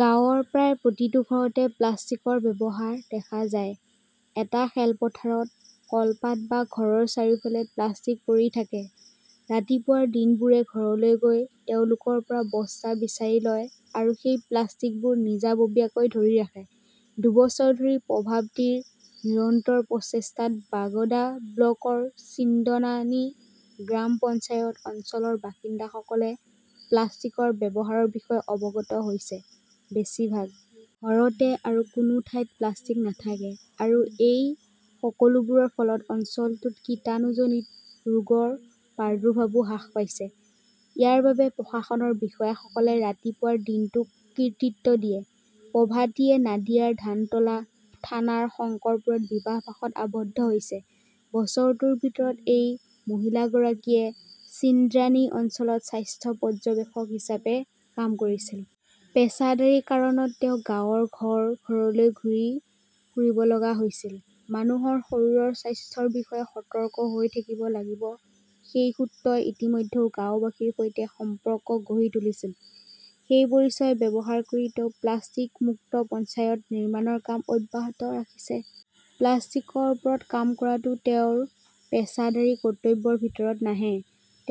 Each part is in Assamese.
গাঁৱৰ প্ৰায় প্ৰতিটো ঘৰতে প্লাষ্টিকৰ ব্যৱহাৰ দেখা যায়। এটা খেলপথাৰত, কলপাত বা ঘৰৰ চাৰিওফালে প্লাষ্টিক পৰি থাকে। ৰাতিপুৱাৰ দিনবোৰে ঘৰলৈ গৈ তেওঁলোকৰ পৰা বস্তা বিচাৰি লয় আৰু সেই প্লাষ্টিকবোৰ নিজাববীয়াকৈ ধৰি ৰাখে। দুবছৰ ধৰি প্ৰভাৱতীৰ নিৰন্তৰ প্ৰচেষ্টাত বাগদা ব্লকৰ চিন্দ্ৰানী গ্ৰাম পঞ্চায়ত অঞ্চলৰ বাসিন্দাসকলে প্লাষ্টিকৰ ব্যৱহাৰৰ বিষয়ে অৱগত হৈছে। বেছিভাগ ঘৰতে আৰু কোনো ঠাইত প্লাষ্টিক নাথাকে, আৰু এই সকলোবোৰৰ ফলত অঞ্চলটোত কীটাণুজনিত ৰোগৰ প্ৰাদুৰ্ভাৱো হ্ৰাস পাইছে। ইয়াৰ বাবে প্ৰশাসনৰ বিষয়াসকলে ৰাতিপুৱাৰ দিনটোক কৃতিত্ব দিয়ে। প্ৰভাতিয়ে নাদিয়াৰ ধানতলা থানাৰ শংকৰপুৰত বিবাহপাশত আবদ্ধ হৈছে। বছৰটোৰ ভিতৰত এই মহিলাগৰাকীয়ে চিন্দ্ৰানী অঞ্চলত স্বাস্থ্য পৰ্যবেক্ষক হিচাপে কাম কৰিছিল। পেছাদাৰী কাৰণত তেওঁ গাঁৱৰ ঘৰ- ঘৰলৈ ঘূৰি ফুৰিব লগা হৈছিল। মানুহৰ শৰীৰৰ স্বাস্থ্যৰ বিষয়ে সতৰ্ক হৈ থাকিব লাগিব সেই সূত্ৰই ইতিমধ্যে গাওঁবাসীৰ সৈতে সম্পৰ্ক গঢ়ি তুলিছিল। সেই পৰিচয় ব্যৱহাৰ কৰি তেওঁ প্লাষ্টিক মুক্ত পঞ্চায়ত নিৰ্মাণৰ কাম অব্যাহত ৰাখিছে। প্লাষ্টিকৰ ওপৰত কাম কৰাটো তেওঁৰ পেছাদাৰী কৰ্তব্যৰ ভিতৰত নাহে।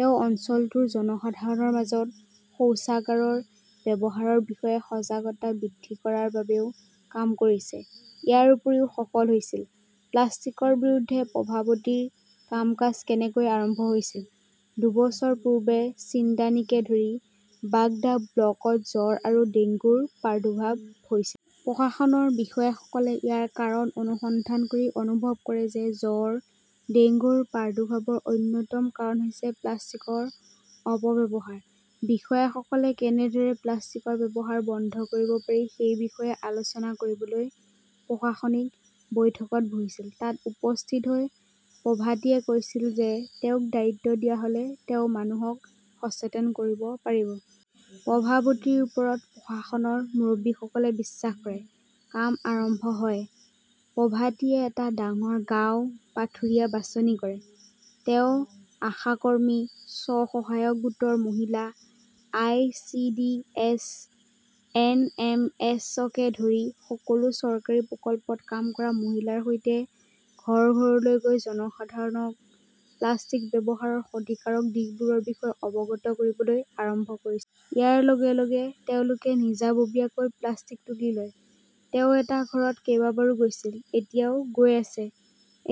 তেওঁ অঞ্চলটোৰ জনসাধাৰণৰ মাজত শৌচাগাৰৰ ব্যৱহাৰৰ বিষয়ে সজাগতা বৃদ্ধি কৰাৰ বাবেও কাম কৰিছে, ইয়াৰ উপৰিও সফল হৈছিল। প্লাষ্টিকৰ বিৰুদ্ধে প্ৰভাৱতীৰ কাম-কাজ কেনেকৈ আৰম্ভ হৈছিল? দুবছৰ পূৰ্বে ছিন্দ্ৰানীকে ধৰি বাগদা ব্লকত জ্বৰ আৰু ডেংগুৰ প্ৰাদুৰ্ভাৱ হৈছিল। প্ৰশাসনৰ বিষয়াসকলে ইয়াৰ কাৰণ অনুসন্ধান কৰি অনুভৱ কৰে যে জ্বৰ-ডেংগুৰ প্ৰাদুৰ্ভাৱৰ অন্যতম কাৰণ হৈছে প্লাষ্টিকৰ অপ-ব্যৱহাৰ। বিষয়াসকলে কেনেদৰে প্লাষ্টিকৰ ব্যৱহাৰ বন্ধ কৰিব পাৰি সেই বিষয়ে আলোচনা কৰিবলৈ প্ৰশাসনিক বৈঠকত বহিছিল। তাত উপস্থিত হৈ প্ৰভাতিয়ে কৈছিল যে- তেওঁক দায়িত্ব দিয়া হ'লে তেওঁ মানুহক সচেতন কৰিব পাৰিব। প্ৰভাৱতীৰ ওপৰত প্ৰশাসনৰ মুৰব্বীসকলে বিশ্বাস কৰে। কাম আৰম্ভ হয়। প্ৰভাতিয়ে এটা ডাঙৰ গাঁও, পাথুৰিয়া বাছনি কৰে ।তেওঁ আশা কৰ্মী, স্ব-সহায়ক গোটৰ মহিলা, আই.চি.ডি.এছ, এন.এম.এস.কে ধৰি সকলো চৰকাৰী প্ৰকল্পত কাম কৰা মহিলাৰ সৈতে ঘৰ- ঘৰলৈ গৈ জনসাধাৰণক প্লাষ্টিক ব্যৱহাৰৰ ক্ষতিকাৰক দিশবোৰৰ বিষয়ে অৱগত কৰিবলৈ আৰম্ভ কৰিছিল। ইয়াৰ লগে -লগে তেওঁলোকে নিজাববীয়াকৈ প্লাষ্টিক তুলি লয়। তেওঁ এটা ঘৰত কেইবাবাৰো গৈছিল, এতিয়াও গৈ আছে।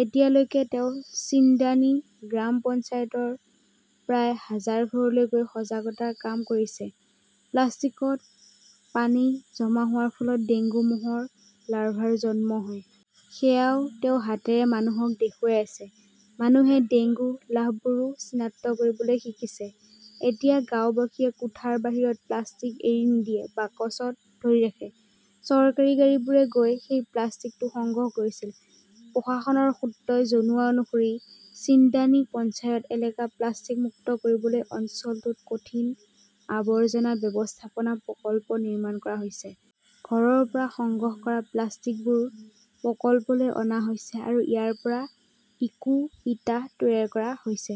এতিয়ালৈকে তেওঁ চিন্দ্ৰাণী গ্ৰাম পঞ্চায়তৰ প্ৰায় হাজাৰ ঘৰলৈ গৈ সজাগতাৰ কাম কৰিছে। প্লাষ্টিকত পানী জমা হোৱাৰ ফলত ডেংগু মহৰ লাৰভাৰ জন্ম হয়। সেয়াও তেওঁ হাতেৰে মানুহক দেখুৱাই আছে। মানুহে ডেংগু লাৰ্ভবোৰো চিনাক্ত কৰিবলৈ শিকিছে। এতিয়া গাওঁবাসীয়ে কোঠাৰ বাহিৰত প্লাষ্টিক এৰি নিদিয়ে, বাকচত ধৰি ৰাখে। চৰকাৰী গাড়ীবোৰে গৈ সেই প্লাষ্টিকটো সংগ্ৰহ কৰিছিল। প্ৰশাসনৰ সূত্ৰই জনোৱা অনুসৰি ছিন্দ্ৰানী পঞ্চায়ত এলেকা প্লাষ্টিক মুক্ত কৰিবলৈ অঞ্চলটোত কঠিন আৱৰ্জনা ব্যৱস্থাপনা প্ৰকল্প নিৰ্মাণ কৰা হৈছে। ঘৰৰ পৰা সংগ্ৰহ কৰা প্লাষ্টিকবোৰ প্ৰকল্পলৈ অনা হৈছে আৰু ইয়াৰ পৰা ইকো-ইটা তৈয়াৰ কৰা হৈছে।